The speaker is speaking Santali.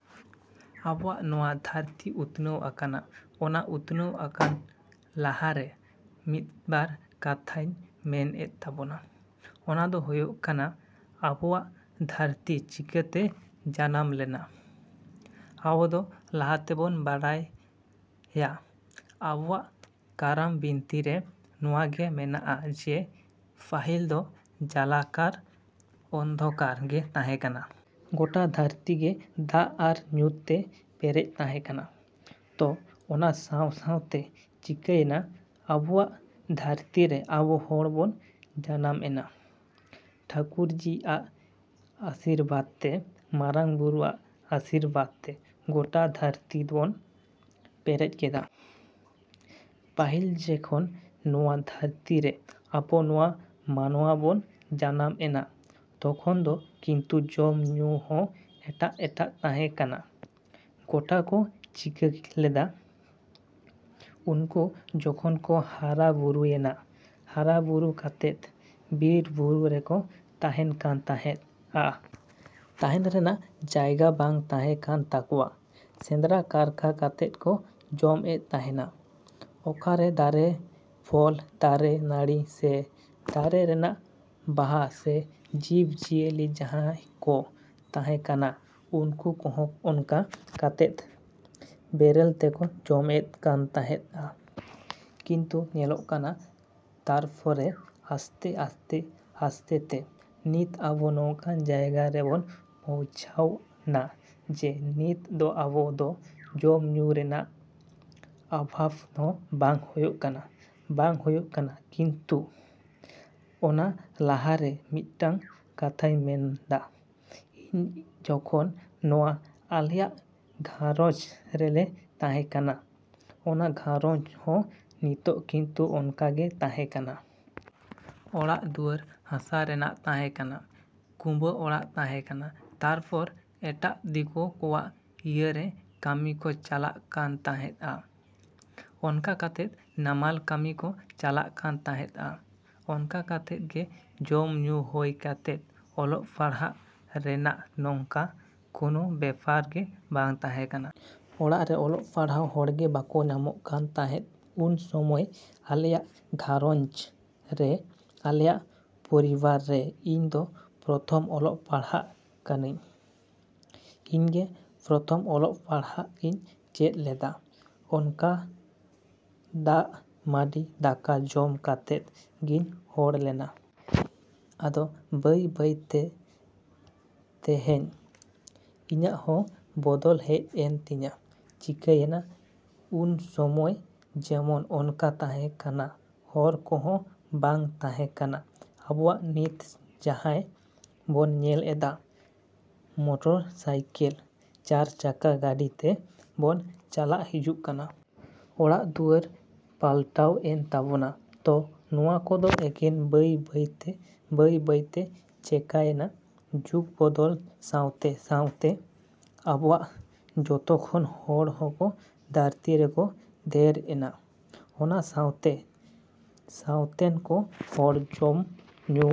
ᱟᱵᱚᱣᱟᱜ ᱱᱚᱶᱟ ᱫᱷᱟᱹᱨᱛᱤ ᱩᱛᱱᱟᱹᱣ ᱟᱠᱟᱱᱟ᱾ ᱚᱱᱟ ᱩᱛᱱᱟᱹᱣ ᱟᱠᱟᱱ ᱞᱟᱦᱟᱨᱮ ᱢᱤᱫᱵᱟᱨ ᱠᱟᱛᱷᱟᱧ ᱢᱮᱱ ᱮᱫ ᱛᱟᱵᱚᱱᱟ᱾ ᱚᱱᱟ ᱫᱚ ᱦᱳᱭᱳᱜ ᱠᱟᱱᱟ ᱟᱵᱚᱣᱟᱜ ᱫᱷᱟᱹᱨᱛᱤ ᱪᱤᱠᱟᱹᱛᱮ ᱡᱟᱱᱟᱢ ᱞᱮᱱᱟ? ᱟᱵᱚᱫᱚ ᱞᱟᱦᱟᱛᱮᱵᱚᱱ ᱵᱟᱲᱟᱭᱟ ᱟᱵᱚᱣᱟᱜ ᱠᱟᱨᱟᱢ ᱵᱤᱱᱛᱤᱨᱮ ᱱᱚᱶᱟ ᱜᱮ ᱢᱮᱱᱟᱜᱼᱟ ᱡᱮ ᱯᱟᱹᱦᱤᱞ ᱫᱚ ᱡᱟᱞᱟᱠᱟᱨ ᱚᱱᱫᱷᱚᱠᱟᱨ ᱜᱮ ᱛᱟᱦᱮᱸ ᱠᱟᱱᱟ᱾ ᱜᱚᱴᱟ ᱫᱷᱟᱹᱨᱛᱤ ᱜᱮ ᱫᱟᱜ ᱟᱨ ᱧᱩᱛ ᱛᱮ ᱯᱮᱨᱮᱡ ᱛᱟᱦᱮᱸ ᱠᱟᱱᱟ᱾ ᱛᱚ ᱚᱱᱟ ᱥᱟᱶ ᱥᱟᱶᱛᱮ ᱪᱤᱠᱟᱹᱭᱮᱱᱟ ᱟᱵᱚᱣᱟᱜ ᱫᱷᱟᱹᱨᱛᱤ ᱨᱮ ᱟᱵᱚ ᱦᱚᱲ ᱵᱚᱱ ᱡᱟᱱᱟᱢ ᱮᱱᱟ᱾ ᱴᱷᱟᱹᱠᱩᱨᱡᱤ ᱟᱜ ᱟᱥᱤᱨᱵᱟᱫᱽᱛᱮ, ᱢᱟᱨᱟᱝ ᱵᱩᱨᱩ ᱟᱜ ᱟᱹᱥᱤᱨᱵᱟᱫᱽ ᱛᱮ ᱜᱳᱴᱟ ᱫᱷᱟᱹᱨᱛᱤ ᱵᱚᱱ ᱯᱮᱨᱮᱡ ᱠᱮᱫᱟ᱾ ᱯᱟᱹᱦᱤᱞ ᱡᱮᱠᱷᱚᱱ ᱱᱚᱶᱟ ᱫᱷᱟᱹᱨᱛᱤᱨᱮ ᱟᱵᱚ ᱱᱚᱶᱟ ᱢᱟᱱᱣᱟ ᱵᱚᱱ ᱡᱟᱱᱟᱢ ᱮᱱᱟ ᱛᱚᱠᱷᱚᱱ ᱫᱚ ᱠᱤᱱᱛᱩ ᱡᱚᱢ ᱧᱩ ᱦᱚᱸ ᱮᱴᱟᱜ ᱮᱴᱟᱜ ᱛᱟᱦᱮᱸ ᱠᱟᱱᱟ᱾ ᱜᱳᱴᱟ ᱠᱚ ᱪᱤᱠᱟ ᱞᱮᱫᱟ? ᱩᱱᱠᱩ ᱡᱚᱠᱷᱚᱱ ᱠᱚ ᱦᱟᱨᱟ ᱵᱩᱨᱩᱭᱮᱱᱟ, ᱦᱟᱨᱟ ᱵᱩᱨᱩ ᱠᱟᱛᱮᱫ ᱵᱤᱨ ᱵᱩᱨᱩ ᱨᱮᱠᱚ ᱛᱟᱦᱮᱱ ᱠᱟᱱ ᱛᱟᱦᱮᱫᱼᱟ᱾ ᱛᱟᱦᱮᱱ ᱨᱮᱱᱟᱜ ᱡᱟᱭᱜᱟ ᱵᱟᱝ ᱛᱟᱦᱮ ᱠᱟᱱ ᱛᱟᱠᱚᱣᱟ᱾ ᱥᱮᱸᱫᱽᱨᱟ ᱠᱟᱨᱠᱟ ᱠᱟᱛᱮᱜ ᱠᱚ ᱡᱚᱢ ᱮᱫ ᱛᱟᱸᱦᱮᱱᱟ᱾ ᱚᱠᱟᱨᱮ ᱫᱟᱨᱮ ᱯᱷᱚᱞ, ᱫᱟᱨᱮ ᱱᱟᱲᱤ ᱥᱮ ᱫᱟᱨᱮ ᱨᱮᱱᱟᱜ ᱵᱟᱦᱟ ᱥᱮ ᱡᱤᱵᱽ ᱡᱤᱭᱟᱹᱞᱤ ᱡᱟᱦᱟᱸᱭ ᱠᱚ ᱛᱟᱦᱮᱸ ᱠᱟᱱᱟ ᱩᱱᱠᱩ ᱠᱚᱸᱦᱚ ᱚᱱᱠᱟ ᱠᱟᱛᱮᱫ ᱵᱮᱨᱮᱞ ᱛᱮᱠᱚ ᱡᱚᱢ ᱮᱫ ᱠᱟᱱ ᱛᱟᱦᱮᱸᱫᱼᱟ᱾ ᱠᱤᱱᱛᱩ ᱧᱮᱞᱚᱜ ᱠᱟᱱᱟ ᱛᱟᱨᱯᱚᱨᱮ ᱟᱥᱛᱮ ᱟᱥᱛᱮ ᱟᱥᱛᱮ ᱛᱮ ᱱᱤᱛ ᱟᱵᱚ ᱱᱚᱝᱠᱟᱱ ᱡᱟᱭᱜᱟ ᱨᱮᱵᱚᱱ ᱯᱳᱣᱪᱷᱟᱣᱱᱟ ᱡᱮ ᱱᱤᱛ ᱫᱚ ᱟᱵᱚ ᱫᱚ ᱡᱚᱢ ᱧᱩ ᱨᱮᱱᱟᱜ ᱚᱵᱷᱟᱵᱽ ᱦᱚᱸ ᱵᱟᱝ ᱦᱳᱭᱳᱜ ᱠᱟᱱᱟ᱾ ᱵᱟᱝ ᱦᱳᱭᱳᱜ ᱠᱟᱱᱟ ᱠᱤᱱᱛᱩ ᱚᱱᱟ ᱞᱟᱦᱟᱨᱮ ᱢᱤᱫᱴᱟᱱ ᱠᱟᱛᱷᱟᱧ ᱢᱮᱱᱫᱟ ᱤᱧ ᱡᱚᱠᱷᱚᱱ ᱱᱚᱶᱟ ᱟᱞᱮᱭᱟᱜ ᱜᱷᱟᱸᱨᱚᱧᱡᱽ ᱨᱮᱞᱮ ᱛᱟᱦᱮᱸ ᱠᱟᱱᱟ ᱚᱱᱟ ᱜᱷᱟᱸᱨᱚᱧᱡᱽ ᱦᱚᱸ ᱱᱤᱛᱚᱜ ᱠᱤᱱᱛᱩ ᱚᱱᱠᱟᱜᱮ ᱛᱟᱦᱮᱸ ᱠᱟᱱᱟ᱾ ᱚᱲᱟᱜ ᱫᱩᱣᱟᱹᱨ ᱦᱟᱥᱟ ᱨᱮᱱᱟᱜ ᱛᱟᱦᱮᱸ ᱠᱟᱱᱟ, ᱠᱩᱸᱵᱟᱹ ᱚᱲᱟᱜ ᱛᱟᱦᱮᱸ ᱠᱟᱱᱟ ᱛᱟᱨᱯᱚᱨ ᱮᱴᱟᱜ ᱫᱤᱠᱳ ᱠᱚᱣᱟᱜ ᱤᱭᱟᱹᱨᱮ ᱠᱟᱹᱢᱤ ᱠᱚ ᱪᱟᱞᱟᱜ ᱠᱟᱱ ᱛᱟᱦᱮᱫᱼᱟ᱾ ᱚᱱᱠᱟ ᱠᱟᱛᱮᱫ ᱱᱟᱢᱟᱞ ᱠᱟᱹᱢᱤ ᱠᱚ ᱪᱟᱞᱟᱜ ᱠᱟᱱ ᱛᱟᱦᱮᱸᱫᱼᱟ᱾ ᱚᱱᱠᱟ ᱠᱟᱛᱮᱫ ᱜᱮ ᱡᱚᱢ ᱧᱩ ᱦᱳᱭ ᱠᱟᱛᱮᱫ ᱚᱞᱚᱜ ᱯᱟᱲᱦᱟᱜ ᱨᱮᱱᱟᱜ ᱱᱚᱝᱠᱟ ᱠᱳᱱᱳ ᱵᱮᱯᱟᱨ ᱜᱮ ᱵᱟᱝ ᱛᱟᱦᱮᱸ ᱠᱟᱱᱟ᱾ ᱚᱲᱟᱜ ᱨᱮ ᱚᱞᱚᱜ ᱯᱟᱲᱦᱟᱣ ᱦᱚᱲᱜᱮ ᱵᱟᱠᱚ ᱧᱟᱢᱚᱜ ᱠᱟᱱ ᱛᱟᱦᱮᱸᱫ ᱩᱱ ᱥᱳᱢᱳᱭ ᱟᱞᱮᱭᱟᱜ ᱜᱷᱟᱨᱚᱸᱧᱪ ᱨᱮ, ᱟᱞᱮᱭᱟ ᱯᱚᱨᱤᱵᱟᱨ ᱨᱮ ᱤᱧ ᱫᱚ ᱯᱨᱚᱛᱷᱚᱢ ᱚᱞᱚᱜ ᱯᱟᱲᱦᱟᱜ ᱠᱟᱱᱟᱹᱧ᱾ ᱤᱧᱜᱮ ᱯᱨᱚᱛᱷᱚᱢ ᱚᱞᱚᱜ ᱯᱟᱲᱦᱟᱜ ᱤᱧ ᱪᱮᱫ ᱞᱮᱫᱟ᱾ ᱚᱱᱠᱟᱫᱟᱜ ᱢᱟᱰᱤ ᱫᱟᱠᱟ ᱡᱚᱢ ᱠᱟᱛᱮᱫ ᱜᱤᱧ ᱦᱚᱲ ᱞᱮᱱᱟ᱾ ᱟᱫᱚ ᱵᱟᱹᱭ ᱵᱟᱹᱭᱛᱮ ᱛᱮᱹᱦᱮᱹᱧ ᱤᱧᱟᱹᱜ ᱦᱚᱸ ᱵᱚᱫᱚᱞ ᱦᱮᱡ ᱮᱱ ᱛᱤᱧᱟ᱾ ᱪᱤᱠᱟᱹᱭᱮᱱᱟ ᱩᱱᱥᱳᱢᱳᱭ ᱡᱮᱢᱚᱱ ᱚᱱᱠᱟ ᱛᱟᱦᱮᱸ ᱠᱟᱱᱟ ᱦᱚᱨ ᱠᱚᱸᱦᱚᱸ ᱵᱟᱝ ᱛᱟᱦᱮᱸ ᱠᱟᱱᱟ ᱟᱵᱚᱣᱟᱜ ᱱᱤᱛ ᱡᱟᱦᱟᱭ ᱵᱚᱱ ᱧᱮᱞ ᱮᱫᱟ᱾ ᱢᱳᱴᱚᱨ ᱥᱟᱭᱠᱮᱞ, ᱪᱟᱨᱪᱟᱠᱟ ᱜᱟᱹᱰᱤ ᱛᱮ ᱵᱚᱱ ᱪᱟᱞᱟᱜ ᱦᱤᱡᱩᱜ ᱠᱟᱱᱟ᱾ ᱚᱲᱟᱜ ᱫᱩᱣᱟᱹᱨ ᱯᱟᱞᱴᱟᱣ ᱮᱱ ᱛᱟᱵᱚᱱᱟ᱾ ᱛᱚ ᱱᱚᱶᱟ ᱠᱚᱫᱚ ᱮᱠᱮᱱ ᱵᱟᱹᱭ ᱵᱟᱹᱭᱛᱮ ᱵᱟᱹᱭ ᱵᱟᱹᱭᱛᱮ ᱪᱤᱠᱟᱭᱮᱱᱟ? ᱡᱩᱜᱽ ᱵᱚᱫᱚᱞ ᱥᱟᱶᱛᱮ ᱥᱟᱶᱛᱮ ᱟᱵᱚᱣᱟᱜ ᱡᱚᱛᱚᱠᱷᱚᱱ ᱦᱚᱲ ᱦᱚᱠᱚ ᱫᱷᱟᱹᱨᱛᱤ ᱨᱮᱠᱚ ᱫᱷᱮᱨ ᱮᱱᱟ ᱚᱱᱟ ᱥᱟᱶᱛᱮ ᱥᱟᱶᱛᱮᱱ ᱠᱚ ᱦᱚᱲ ᱡᱚᱢ ᱧᱩ